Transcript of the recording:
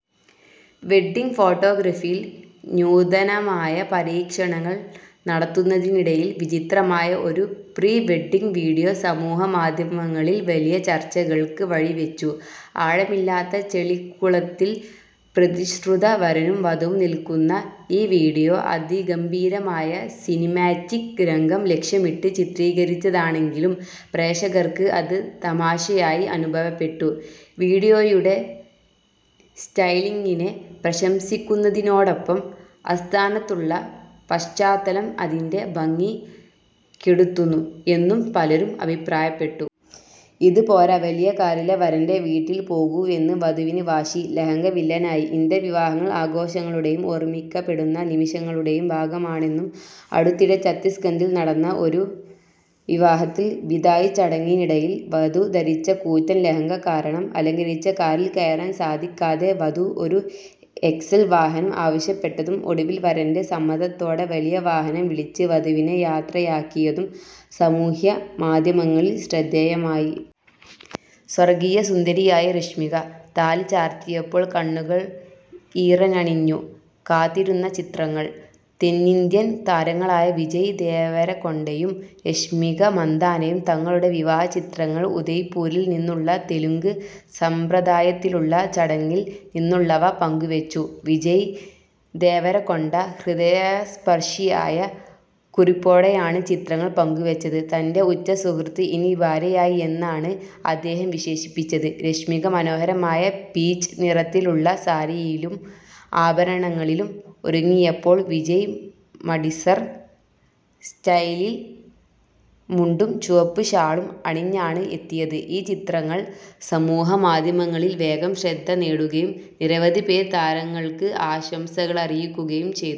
Wedding ഫോട്ടോഗ്രാഫിയിൽ നൂതനമായ പരീക്ഷണങ്ങൾ നടത്തുന്നതിനിടയിൽ വിചിത്രമായ ഒരു പ്രീ-വെഡ്ഡിങ് വീഡിയോ സമൂഹമാധ്യമങ്ങളിൽ വലിയ ചർച്ചകൾക്ക് വഴിവെച്ചു. ആഴമില്ലാത്ത ചെളിക്കുളത്തിൽ പ്രതിശ്രുത വരനും വധുവും നിൽക്കുന്ന ഈ വീഡിയോ, അതിഗംഭീരമായ സിനിമാറ്റിക് രംഗം ലക്ഷ്യമിട്ട് ചിത്രീകരിച്ചതാണെങ്കിലും, പ്രേക്ഷകർക്ക് അത് തമാശയായി അനുഭവപ്പെട്ടു. വീഡിയോയുടെ സ്റ്റൈലിംഗിനെ പ്രശംസിക്കുന്നതിനോടൊപ്പം, അസ്ഥാനത്തുള്ള പശ്ചാത്തലം അതിൻ്റെ ഭംഗി കെടുത്തുന്നു എന്നും പലരും അഭിപ്രായപ്പെട്ടു. ഇത് പോര, വലിയ കാറിലേ വരന്റെ വീട്ടിൽ പോകൂവെന്ന് വധുവിന് വാശി; ലഹങ്ക വില്ലനായി! ഇന്ത്യൻ വിവാഹങ്ങൾ ആഘോഷങ്ങളുടെയും ഓർമ്മിക്കപ്പെടുന്ന നിമിഷങ്ങളുടെയും ഭാഗമാണെന്നും, അടുത്തിടെ ഛത്തീസ്ഗഢിൽ നടന്ന ഒരു വിവാഹത്തിൽ ബിദായി ചടങ്ങിനിടയിൽ വധു ധരിച്ച കൂറ്റൻ ലെഹങ്ക കാരണം അലങ്കരിച്ച കാറിൽ കയറാൻ സാധിക്കാതെ വധു ഒരു എക്സ്എൽ വാഹനം ആവശ്യപ്പെട്ടതും, ഒടുവിൽ വരന്റെ സമ്മതത്തോടെ വലിയ വാഹനം വിളിച്ച് വധുവിനെ യാത്രയാക്കിയതും സാമൂഹ്യ മാധ്യമങ്ങളിൽ ശ്രദ്ധേയമായി. സ്വർഗീയ സുന്ദരിയായി രശ്മിക; താലി ചാർത്തിയപ്പോൾ കണ്ണുകൾ ഈറനണിഞ്ഞു; കാത്തിരുന്ന ചിത്രങ്ങൾ! തെന്നിന്ത്യൻ താരങ്ങളായ വിജയ് ദേവരകൊണ്ടയും രശ്മിക മന്ദാനയും തങ്ങളുടെ വിവാഹ ചിത്രങ്ങൾ ഉദയ്പൂരിൽ നിന്നുള്ള തെലുങ്ക് സമ്പ്രദായത്തിലുള്ള ചടങ്ങിൽ നിന്നുള്ളവ പങ്കുവെച്ചു, വിജയ് ദേവരകൊണ്ട ഹൃദയസ്പർശിയായ കുറിപ്പോടെയാണ് ചിത്രങ്ങൾ പങ്കുവെച്ചത്, തൻ്റെ ഉറ്റ സുഹൃത്ത് ഇനി ഭാര്യയായി എന്നാണ് അദ്ദേഹം വിശേഷിപ്പിച്ചത്, രശ്മിക മനോഹരമായ പീച്ച് നിറത്തിലുള്ള സാരിയിലും ആഭരണങ്ങളിലും ഒരുങ്ങിയപ്പോൾ, വിജയ് മടിസർ സ്റ്റൈലിൽ മുണ്ടും ചുവപ്പ് ഷാളും അണിഞ്ഞാണ് എത്തിയത്, ഈ ചിത്രങ്ങൾ സമൂഹമാധ്യമങ്ങളിൽ വേഗം ശ്രദ്ധനേടുകയും നിരവധി പേർ താരങ്ങൾക്ക് ആശംസകളറിയിക്കുകയും ചെയ്തു.